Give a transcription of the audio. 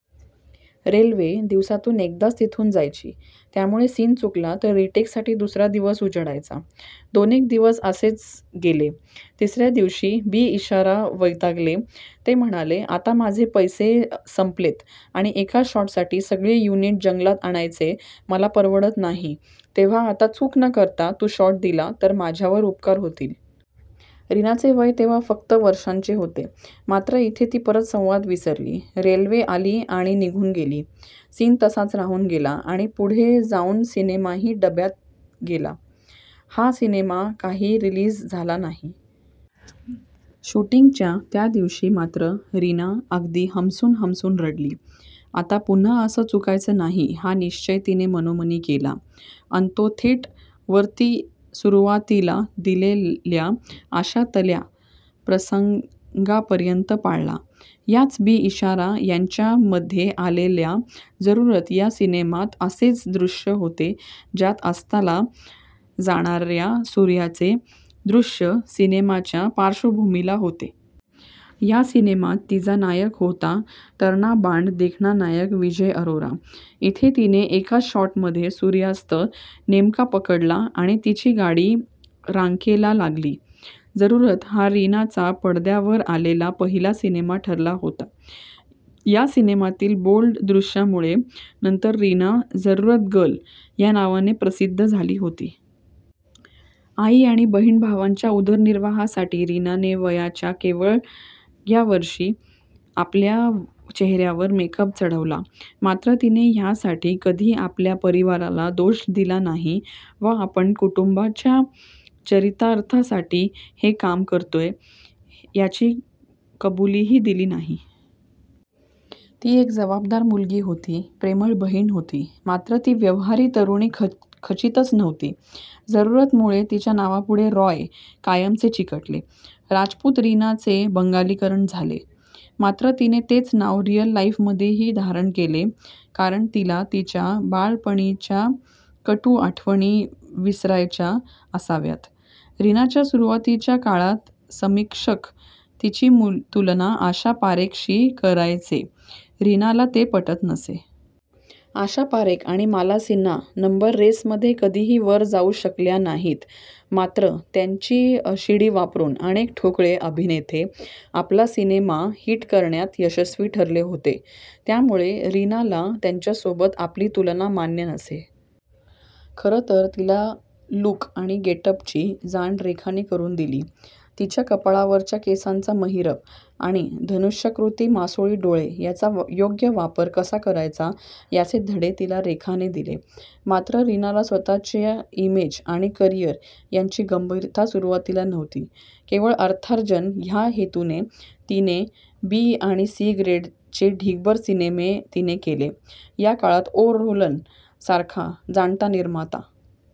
Railway दिवसातून एकदाच तिथून जायची. त्यामुळे सीन चुकला तर रिटेकसाठी दुसरा दिवस उजडायचा. दोनेक दिवस असेच गेले, तिसरया दिवशी बी. इशारा वैतागले ते म्हणाले आता माझे पैसे संपलेत आणि एका शॉटसाठी सगळे युनिट जंगलात आणायचे मला परवडत नाही तेंव्हा आता चूक न करता तू शॉट दिला तर माझ्यावर उपकार होतील. रीनाचे वय तेंव्हा फक्त वर्षांचे होते! मात्र इथे ती परत संवाद विसरली, रेल्वे आली आणि निघून गेली. सीन तसाच राहून गेला आणि पुढे जाऊन सिनेमाही डब्यात गेला. हा सिनेमा काही रिलीज झाला नाही. शुटींगच्या त्या दिवशी मात्र रीना अगदी हमसून हमसून रडली. आत पुन्हा असं चुकायचे नाही हा निश्चय तिने मनोमनी केला अन तो थेट वरती सुरुवातीला दिलेल्या 'आशा'तल्या प्रसंगापर्यंत पाळला! याच बी. इशारा यांच्या मध्ये आलेल्या 'जरुरत' या सिनेमात असेच दृश्य होते ज्यात अस्ताला जाणारया सूर्याचे दृश्य सीनच्या पार्श्वभूमीला होते. या सिनेमात तिचा नायक होता तरणाबांड देखणा नायक विजय अरोरा! इथे तिने एकाच शॉटमध्ये सूर्यास्त नेमका पकडला आणि तिची गाडी रांकेला लागली. 'जरुरत' हा रीनाचा पडद्यावर आलेला पहिला सिनेमा ठरला होता. या सिनेमातील बोल्ड दृश्यामुळे नंतर रीना 'जरुरत गर्ल' या नावाने प्रसिद्ध झाली होती. आई आणि बहिण-भावांच्या उदरनिर्वाहासाठी रीनाने वयाच्या केवळ व्या वर्षी आपल्या चेहऱ्यावर मेकअप चढवला मात्र तिने यासाठी कधीही आपल्या परिवाराला दोष दिला नाही वा आपण कुटुंबाच्या चरितार्थासाठी हे काम करतोय याची कबुलीही दिली नाही. ती एक जबाबदार मुलगी होती, प्रेमळ बहिण होती मात्र ती व्यवहारी तरुणी खचितच नव्हती! जरुरतमुळे तिच्या नावापुढे रॉय कायमचे चिकटले. राजपूत रीनाचे बंगालीकरण झाले, मात्र तिने तेच नाव रिअल लाईफमध्येही धारण केले कारण तिला तिच्या बालपणीच्या कटू आठवणीविसरायच्या असाव्यातरीनाच्या सुरुवातीच्या काळात समीक्षक तिची तुलना आशा पारेखशी करायचे, रीनाला ते पटत नसे. आशा पारेख आणि माला सिन्हा नंबर रेसमध्ये कधीही वर जाऊ शकल्या नाहीत मात्र त्यांची शिडी वापरून अनेक ठोकळे अभिनेते आपला सिनेमा हिट करण्यात यशस्वी ठरले होते त्यामुळे रीनाला त्यांच्यासोबत आपली तुलना मान्य नसे. खरे तर तिला 'लुक' आणि 'गेटअप'ची जाण रेखाने करून दिली. तिचा कपाळावरचा केसांचा महिरप आणि धनुष्याकृती मासोळी डोळे याचा योग्य वापर कसा करायचा याचे धडे तिला रेखाने दिले. मात्र रीनाला स्वतःची इमेज आणि करीअर यांची गंभीरता सुरुवातीला नव्हती, केवळ अर्थार्जन ह्या हेतूने तिने बी आणि सी ग्रेडचे ढीगभर सिनेमे तिने केले. या काळात ओ. रल्हन सारखा जाणता निर्माता